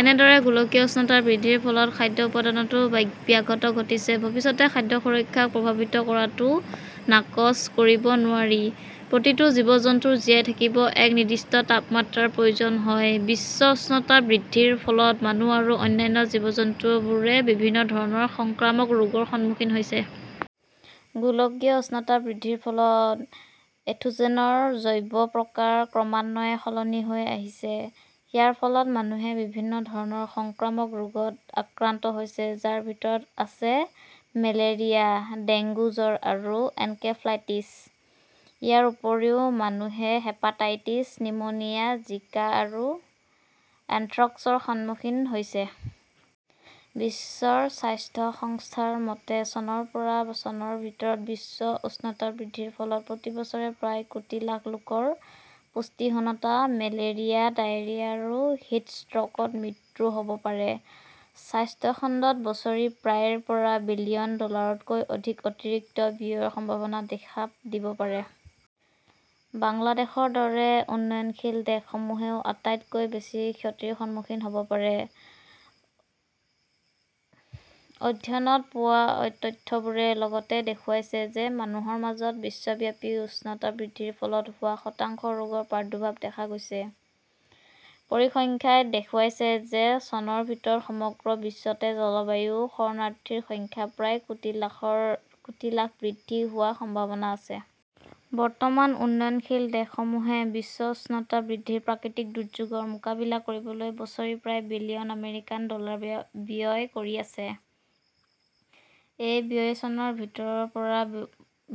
এনেদৰে গোলকীয় উষ্ণতা বৃদ্ধিৰ ফলত খাদ্য উৎপাদনতো ব্যাঘাত ঘটিছে। ভৱিষ্যতে খাদ্য সুৰক্ষাক প্ৰভাৱিত কৰাটো নাকচ কৰিব নোৱাৰি। প্ৰতিটো জীৱ-জন্তুৰ জীয়াই থাকিবলৈ এক নিৰ্দিষ্ট তাপমাত্ৰাৰ প্ৰয়োজন হয়। বিশ্ব উষ্ণতা বৃদ্ধিৰ ফলত মানুহ আৰু অন্যান্য জীৱ-জন্তুবোৰে বিভিন্ন ধৰণৰ সংক্ৰামক ৰোগৰ সন্মুখীন হৈছে। গোলকীয় উষ্ণতা বৃদ্ধিৰ ফলত পেথোজেনৰ জৈৱ প্ৰকাৰ ক্ৰমান্বয়ে সলনি হৈ আহিছে। ইয়াৰ ফলত মানুহে বিভিন্ন ধৰণৰ সংক্ৰামক ৰোগত আক্ৰান্ত হৈছে, যাৰ ভিতৰত আছে মেলেৰিয়া, ডেংগু জ্বৰ আৰু এনকেফেলাইটিছ। ইয়াৰ উপৰিও মানুহে হেপাটাইটিছ, নিউমোনিয়া, জিকা আৰু এন্থ্ৰেক্সৰ সন্মুখীন হৈছে। বিশ্ব স্বাস্থ্য সংস্থাৰ মতে, চনৰ পৰা চনৰ ভিতৰত বিশ্ব উষ্ণতা বৃদ্ধিৰ ফলত প্ৰতি বছৰে প্ৰায় কোটি লাখ লোকৰ পুষ্টিহীনতা, মেলেৰিয়া, ডায়েৰিয়া আৰু হিট ষ্ট্ৰ 'কত মৃত্যু হ' ব পাৰে। স্বাস্থ্য খণ্ডত বছৰি প্ৰায় ৰ পৰা বিলিয়ন ডলাৰতকৈ অধিক অতিৰিক্ত ব্যয়ৰ সম্ভাৱনা দেখা দিব পাৰে। বাংলাদেশৰ দৰে উন্নয়নশীল দেশসমূহেও আটাইতকৈ বেছি ক্ষতিৰ সন্মুখীন হ "ব পাৰে। অধ্যয়নত পোৱা তথ্যবোৰে লগতে দেখুৱাইছে যে মানুহৰ মাজত বিশ্বব্যাপী উষ্ণতা বৃদ্ধিৰ ফলত হোৱা শতাংশ ৰোগৰ প্ৰাদুৰ্ভাৱ দেখা গৈছে। পৰিসংখ্যাই দেখুৱাইছে যে চনৰ ভিতৰত সমগ্ৰ বিশ্বতে জলবায়ু-শৰণাৰ্থীৰ সংখ্যা প্ৰায় কোটি লাখ বৃদ্ধি হোৱাৰ সম্ভাৱনা আছে। বৰ্তমান উন্নয়নশীল দেশসমূহে বিশ্ব উষ্ণতা বৃদ্ধিৰ প্ৰাকৃতিক দুৰ্যোগৰ মোকাবিলা কৰিবলৈ বছৰি প্ৰায় বিলিয়ন আমেৰিকান ডলাৰ ব্যয় কৰি আছে। এই ব্যয় চনৰ ভিতৰত ৰ পৰা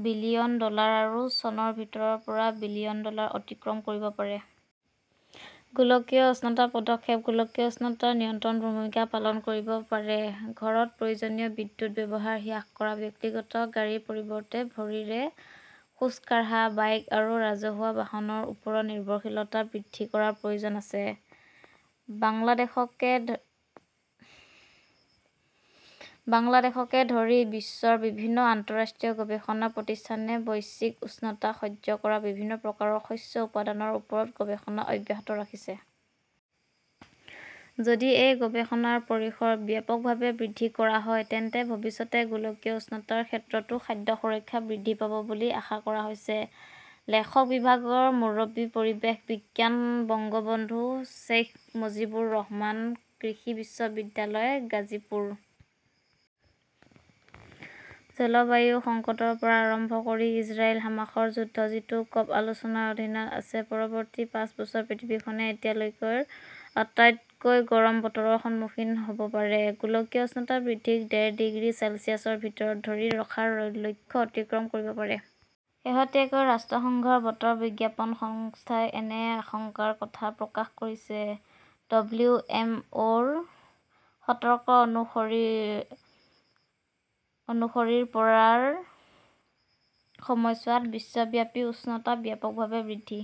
বিলিয়ন ডলাৰ আৰু চনৰ ভিতৰত ৰ পৰা বিলিয়ন ডলাৰ অতিক্ৰম কৰিব পাৰে। আমাৰ কিছুমান পদক্ষেপে গোলকীয় উষ্ণতা নিয়ন্ত্ৰণত ভূমিকা পালন কৰিব পাৰে। ঘৰত প্ৰয়োজনীয় বিদ্যুৎ ব্যৱহাৰ হ্ৰাস কৰা, ব্যক্তিগত গাড়ীৰ পৰিৱৰ্তে ভৰিৰে খোজ কাঢ়া, বাইক আৰু ৰাজহুৱা বাহনৰ ওপৰত নিৰ্ভৰশীলতা বৃদ্ধি কৰাৰ প্ৰয়োজন আছে। বাংলাদেশকে ধৰি বিশ্বৰ বিভিন্ন আন্তঃৰাষ্ট্ৰীয় গৱেষণা প্ৰতিষ্ঠানে বৈশ্বিক উষ্ণতা সহ্য কৰা বিভিন্ন প্ৰকাৰৰ শস্য উৎপাদনৰ ওপৰত গৱেষণা অব্যাহত ৰাখিছে। যদি এই গৱেষণাৰ পৰিসৰ ব্যাপকভাৱে বৃদ্ধি কৰা হয় তেন্তে ভৱিষ্যতে গোলকীয় উষ্ণতাৰ ক্ষেত্ৰতো খাদ্য সুৰক্ষা বৃদ্ধি পাব বুলি আশা কৰা হৈছে। লেখকঃ বিভাগৰ মুৰব্বী, পৰিৱেশ বিজ্ঞান, বঙ্গবন্ধু শ্বেইখ মুজিবুৰ ৰহমান কৃষি বিশ্ববিদ্যালয়, গাজীপুৰ। জলবায়ু সংকটৰ পৰা আৰম্ভ কৰি ইজৰাইল-হামাসৰ যুদ্ধ, যিটো ক 'প- আলোচনাৰ অধীনত আছে পৰৱৰ্তী পাঁচ বছৰ পৃথিৱীখনে এতিয়ালৈকেৰ আটাইতকৈ গৰম বতৰৰ সন্মুখীন হ 'ব পাৰে! গোলকীয় উষ্ণতা বৃদ্ধিক ডেৰ ডিগ্ৰী চেলছিয়াছৰ ভিতৰত ধৰি ৰখাৰ লক্ষ্য অতিক্ৰম কৰিব পাৰে। শেহতীয়াকৈ ৰাষ্ট্ৰসংঘৰ বতৰ বিজ্ঞান সংস্থাই এনে আশংকাৰ কথা প্ৰকাশ কৰিছে। ডব্লিউ. এম. অ '. -ৰ সতৰ্কবাণী অনুসৰি, -ৰ পৰা -ৰ সময়ছোৱাত বিশ্বব্যাপী উষ্ণতা ব্যাপকভাৱে বৃদ্ধি